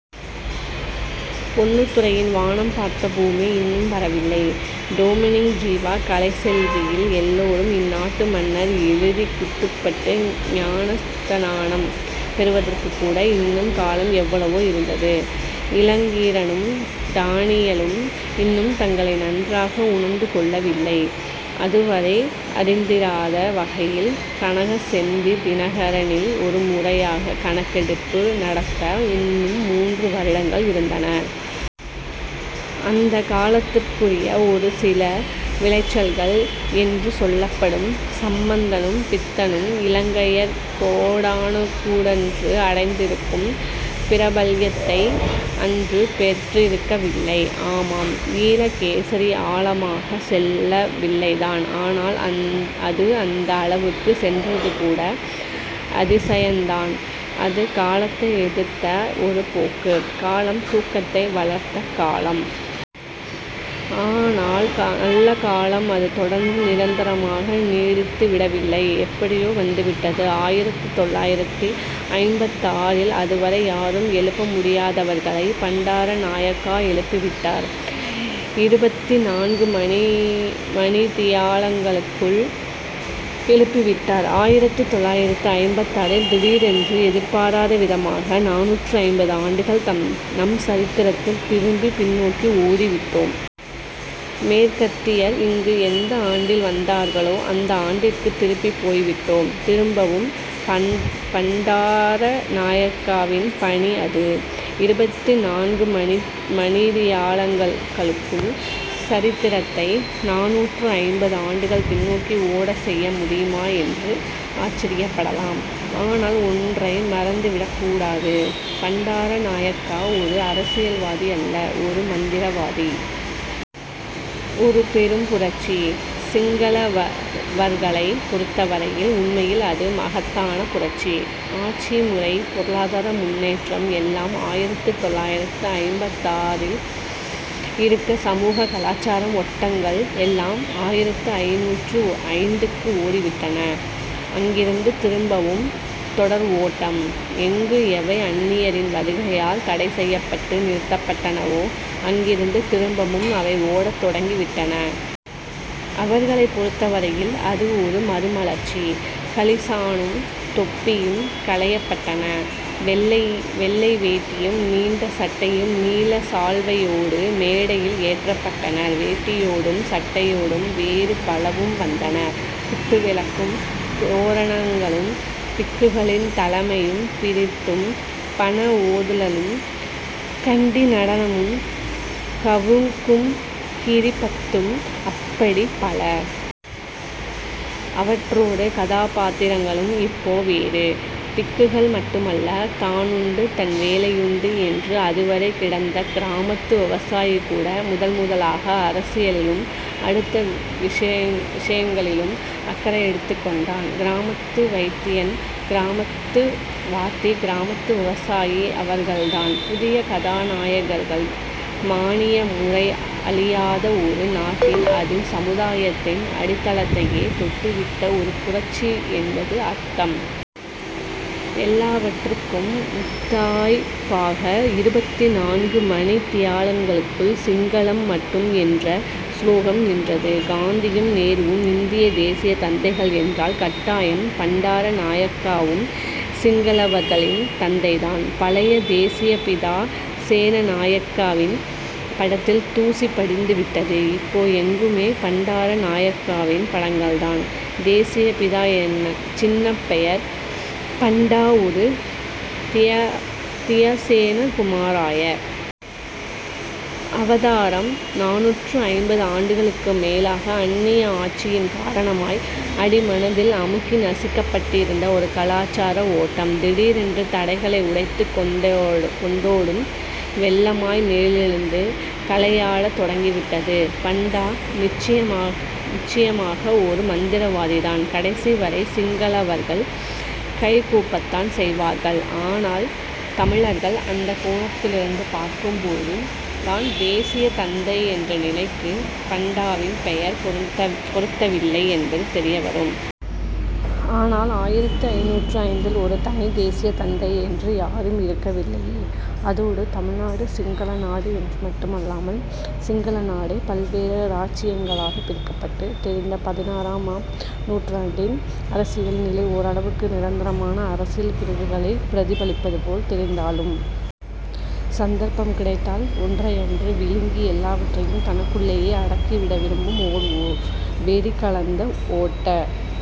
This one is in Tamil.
பொன்னுத்துரையின் 'வானம் பார்த்த பூமி' இன்னும் வரவில்லை. டொமினிக் ஜீவா 'கலைச்செல்வி'யில் 'எல்லாரும் இந்நாட்டு மன்னர்' எழுதிக் குட்டுப்பட்டு ஞானஸ்நானம் பெறுவதற்குக்கூட இன்னும் காலம் எவ்வளவோ இருந்தது. இளங்கீரனும் டானியலும் இன்னும் தங்களை நன்றாக உணர்ந்துகொள்ளவில்லை. அதுவரை அறிந்திராத வகையில் கனகசெந்தி 'தினகரனி'ல் ஒரு முறையான கணக்கெடுப்பு நடத்த இன்னும் மூன்று வருடங்கள் இருந்தன. அந்தக் காலத்திற்குரிய ஒரு சில விளைச்சல்கள் என்று சொல்லப்படும் சம்பந்தனும், பித்தனும், இலங்கையர் கோனுங்கூடன்று அடைந்திருக்கும் பிரபல்யத்தை அன்று பெற்றிருக்கவில்லை. ஆமாம், ஈழகேசரி ஆழமாகச் செல்லவில்லைதான். ஆனால், அது அந்த அளவுக்குச் சென்றது கூட அதிசயந்தான். அது காலத்தை எதிர்த்த ஒரு போக்கு. காலம், தூக்கத்தை வளர்த்த காலம். ஆனால் நல்ல காலம் அது தொடர்ந்து நிரந்தரமாக நீடித்துவிடவில்லை எப்படியோ வந்துவிட்டது. ஆயிரத்து தொள்ளாயிரத்து ஐம்பத்தாறுல் அதுவரை யாராலும் எழுப்ப முடியாதவர்களைப் பண்டாரநாயக்கா எழுப்பிவிட்டார். இருபத்திநான்கு மணித் தியாலங்களுக்குள் எழுப்பிவிட்டார்! ஆயிரத்துத் தொள்ளாயிரத்து ஐம்பத்தாறில் திடீரென்று எதிர்பாராதவிதமாக நானூற்று ஐம்பது ஆண்டுகள் நம் சரித்திரத்தில் திரும்பி பின்னோக்கி ஓடிவிட்டோம். மேற்கத்தியர் இங்கு எந்த ஆண்டில் வந்தார்களோ அந்த ஆண்டுக்குத் திரும்பிப் போய்விட்டோம். திரும்பவும்! பண்டாரநாயக்காவின் பணி அது. இருபத்திநான்கு மணித் தியாலங்களுக்குள் சரித்திரத்தை நானூற்று ஐம்பது ஆண்டுகள் பின்னோக்கி ஓடச் செய்ய முடியுமா என்று ஆச்சரியப்படலாம். ஆனால் ஒன்றை மறந்துவிடக் கூடாது. பண்டாரநாயக்கா ஒரு அரசியல்வாதியல்ல, ஒரு மந்திரவாதி. ஒரு பெரும் புரட்சி. சிங்களவர்களைப் பொருத்தவரையில் உண்மையில் அது மகத்தான புரட்சி. ஆட்சிமுறை, பொருளாதார முன்னேற்றம் எல்லாம் ஆயிரத்து தொள்ளாயிரத்து ஐம்பத்தாறுல் இருக்க சமூக, கலாச்சாரம் ஓட்டங்கள் எல்லாம் ஆயிரத்து ஐந்நூற்று ஐந்துக்கு ஓடிவிட்டன. அங்கிருந்து திரும்பவும் தொடர் ஓட்டம். எங்கு எவை அந்நியரின் வருகையால் தடைசெய்யப்பட்டு நிறுத்தப்பட்டனவோ அங்கிருந்து திரும்பவும் அவை ஓடத் தொடங்கிவிட்டன. அவர்களைப் பொருத்தவரையில் அது ஒரு மறுமலர்ச்சி. களிசானும் தொப்பியும் களையப்பட்டன. வெள்ளை வேட்டியும், நீண்ட சட்டையும் நீலச் சால்வையோடு மேடையில் ஏற்றப்பட்டன. வேட்டியோடும் சட்டையோடும் வேறு பலவும் வந்தன. குத்து விளக்கும், தோரணங்களும், பிக்குகளின் தலைமையும் பிரித்தும், 'பண' ஓதுதலும், கண்டி நடனமும், 'கவுங்'கும், 'கிரிபத்தும் அப்படிப் பல. அவற்றோடு, கதாபாத்திரங்களும் இப்போ வேறு. பிக்குகள் மட்டுமல்ல; தானுண்டு தன் வேலையுண்டு என்று அதுவரை கிடந்த கிராமத்து விவசாயி கூட முதல் முதலாக அரசியலிலும் அடுத்த விஷயங்களிலும் அக்கறை எடுத்துக்கொண்டான். கிராமத்து வைத்தியன், கிராமத்து வாத்தி, கிராமத்து விவசாயி அவர்கள்தான் புதிய கதாநாயகர்கள். மானிய முறை அழியாத ஒரு நாட்டில் அது சமுதாயத்தின் அடித்தளத்தையே தொட்டுவிட்ட ஒரு புரட்சி என்பது அர்த்தம். எல்லாவற்றுக்கும் முத்தாய்ப்பாக இருபத்தி நான்கு மணித்தியாலத்துக்குள் சிங்களம் மட்டும் என்ற சுலோகம் நின்றது. காந்தியும் நேருவும் இந்தியத் தேசியத் தந்தைகள் என்றால் கட்டாயம் பண்டாரநாயக்காவும் சிங்களவர்களின் தந்தைதான். பழைய தேசியப்பிதா சேனநாயக்காவின் படத்தில் தூசி படிந்துவிட்டது. இப்போ எங்குமே பண்டாரநாயக்காவின் படங்கள்தான். தேசியப்பிதா சின்னப்பெயர். பண்டா ஒரு தியசேன குமாரயா! அவதாரம்! நானூற்று ஐம்பது ஆண்டுகளுக்கு மேலாக அந்நிய ஆட்சியின் காரணமாய் அடிமனதில் அமுக்கி நசுக்கப்பட்டிருந்த ஒரு கலாச்சார ஓட்டம் திடீரென்று தடைகளை உடைத்துக்கொண்டோடும் வெள்ளமாய் மேலெழுந்து 'கலை'யாடத் தொடங்கிவிட்டது. பண்டா நிச்சயமாக ஒரு மந்திரவாதிதான். கடைசிவரை, சிங்களவர்கள் கை கூப்பத்தான் செய்வார்கள். ஆனால் தமிழர்கள்? அந்தக் கோணத்திலிருந்து பார்க்கும்போதுதான் தேசியத் தந்தை என்ற நிலைக்குப் பண்டாவின் பெயர் பொருத்தவில்லை என்பது தெரியவரும். ஆனால் ஆயிரத்து ஐந்நூற்று ஐந்துல் ஒரு தனித் தேசியத் தந்தை என்று யாரும் இருக்கவில்லையே! அதோடு தமிழ்நாடு சிங்களநாடு என்று மட்டுமல்லாமல் சிங்கள நாடே பல்வேறு இராச்சியங்களாகப் பிரிக்கப்பட்டுத் தெரிந்த பதினாறாம் ஆம் நூற்றாண்டின் அரசியல் நிலை ஓரளவுக்கு நிரந்தரமான அரசியல் பிரிவுகளைப் பிரதிபலிப்பதுபோல் தெரிந்தாலும் சந்தர்ப்பம் கிடைத்தால் ஒன்றையன்று விழுங்கி எல்லாவற்றையும் தனக்குள்ளேயே அடக்கிவிட விரும்பும் ஓர் வெறி கலந்த ஓட்ட